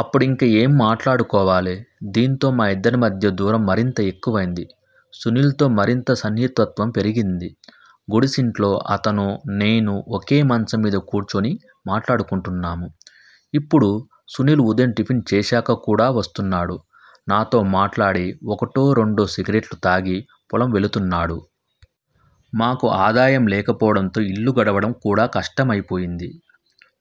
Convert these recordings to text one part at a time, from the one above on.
అప్పుడింక ఏం మాట్లాడుకోవాలి? దీంతో మా ఇద్దరి మధ్య దూరం మరింత ఎక్కువైంది. సునీల్ తో మరింత సన్నిహితత్వం పెరిగింది. గుడిసింట్లో అతనూ, నేనూ ఒకే మంచం మీద కూర్చుని మాట్లాడుకుంటున్నాము. ఇప్పుడు సునీల్ ఉదయం టిఫిన్ చేశాక కూడా వస్తున్నాడు. నాతో మాట్లాడి ఒకటో రెండో సిగరెట్లు తాగి, పొలం వెళుతున్నాడు. మాకు ఆదాయం లేకపోవడంతో ఇల్లు గడవడం కూడా కష్టమైపోయింది.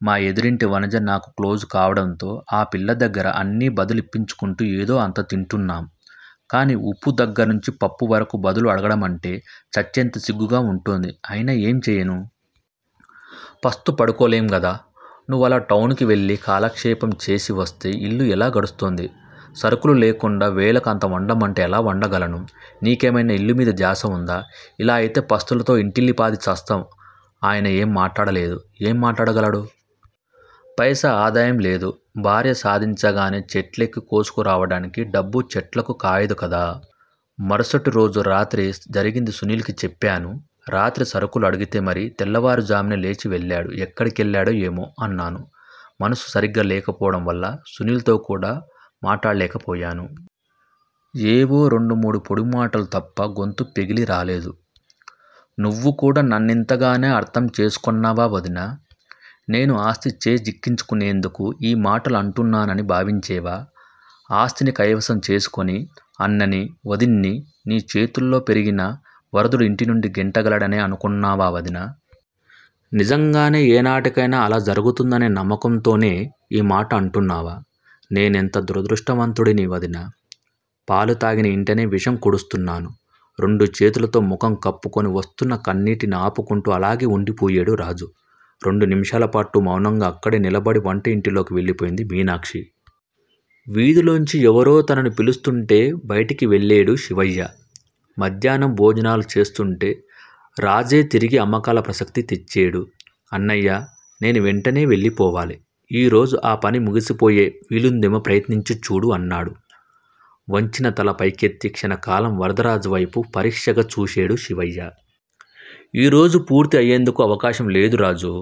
మా ఎదురింటి వనజ నాకు క్లోజ్ కావడంతో ఆ పిల్ల దగ్గర అన్నీ బదులిప్పించుకుంటూ ఏదో అంత తింటున్నాం. కానీ ఉప్పు దగ్గర్నుంచి పప్పు వరకు బదులు అడగడమంటే చచ్చేంత సిగ్గుగా వుంటోంది. అయినా ఏం చేయను? పస్తు పడుకోలేంగదా. నువ్వు అలా టౌన్ కి వెళ్ళి కాలక్షేపం చేసివస్తే ఇల్లు ఎలా గడుస్తుంది? సరుకులు లేకుండా వేళకు అంత వండమంటే ఎలా వండగలను? నీకేమైనా ఇల్లుమీద ధ్యాస వుందా? ఇలా అయితే పస్తులతో ఇంటిల్లిపాదీ చస్తాం ఆయన ఏం మాట్లాడలేదు, ఏం మాట్లాడగలడు? పైసా ఆదాయం లేదు. భార్య సాధించగానే చెట్లెక్కి కోసుకురావడానికి డబ్బు చెట్లకు కాయదు కదా. మరుసటిరోజు రాత్రి జరిగింది సునీల్ కి చెప్పాను. రాత్రి సరుకులు అడిగితే మరీ తెల్లవారుజామునే లేచి వెళ్ళాడు. ఎక్కడికెళ్ళాడో ఏమో? అన్నాను. మనసు సరిగ్గా లేకపోవడంవల్ల సునీల్ తో కూడా మాట్లాడలేకపోయాను. ఏవో రెండు మూడు పొడి మాటలు తప్ప గొంతు పెగిలిరాలేదు. నువ్వుకూడా నన్నింతగానే అర్ధం చేసుకొన్నావా వదినా! నేను ఆస్తి చేజిక్కించునేందుకు ఈ మాటలు అంటున్నానని భావించేవా? ఆస్తిని కైవసము చేసుకొని అన్ననీ, వదిన్నీ నీ చేతుల్లో పెరిగిన వరదుడు ఇంటినుండి గెంటగలడనే అనుకొన్నావా వదినా? నిజంగా ఏనాటికైనా అలా జరుగుతుందనే నమ్మకంతోనే ఈ మాట అంటున్నావా? నేనెంత దురదృష్టవంతుడిని, వదినా! పాలు తాగిన ఇంటనే విషం కుడుస్తున్నాను. రెండు చేతులతో ముఖం కప్పుకొని, వస్తున్న కన్నీటిని ఆపుకొంటూ అలాగే ఉండిపోయేడు రాజు. రెండు నిమిషాలపాటు మౌనంగా అక్కడే నిలబడి వంట ఇంటిలోకి వెళ్ళిపోయింది మీనాక్షి. వీథిలోంచి ఎవరో తనని పిలుస్తూంటే బయటికి వెళ్లేడు శివయ్య. మధ్యాహ్నం భోజనాలు చేస్తూంటే రాజే తిరిగి అమ్మకాల ప్రసక్తి తెచ్చేడు. అన్నయ్యా, నేను వెంటనే వెళ్ళిపోవాలి. ఈ రోజు ఆ పని ముగిసిపోయే వీలుందేమో ప్రయత్నించి చూడు అన్నాడు. వంచిన తల పైకెత్తి క్షణకాలం వరదరాజువైపు పరీక్షగా చూసేడు శివయ్య. ఈ రోజు పూర్తి అయేందుకు అవకాశం లేదు, రాజూ!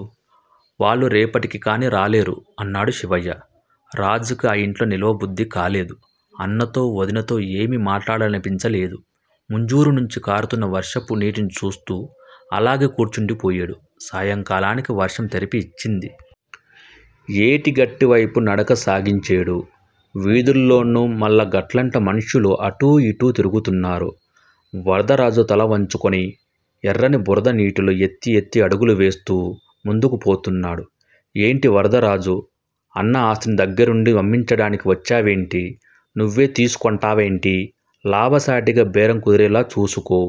వాళ్లు రేపటికికాని రాలేరు అన్నాడు శివయ్య. రాజుకి ఆ ఇంట్లో నిలువ బుద్ధికాలేదు. అన్నతో, వదినతో ఏమి మాట్లాడాలనిపించలేదు. ముంజూరు నుంచి కారుతున్న వర్షపు నీటిని చూస్తూ అలాగే కూర్చుండిపోయేడు. సాయంకాలానికి వర్షం తెరిపి ఇచ్చింది. ఏటిగట్టు వైపు నడక సాగించేడు. వీథుల్లోను, మళ్ళగట్లంట మనుష్యులు ఇటూ అటూ తిరుగుతున్నారు. వరదరాజు తలవంచుకొని ఎర్రని బురద నీటిలో ఎత్తి ఎత్తి అడుగులు వేస్తూ ముందుకి పోతున్నాడు. ఏంటి వరదరాజూ! అన్న ఆస్తిని దగ్గిరుండి అమ్మించడానికి వచ్చేవేంటి? నువ్వే తీసుకొంటావేంటి? లాభసాటిగా బేరం కుదిరేలా చూసుకో.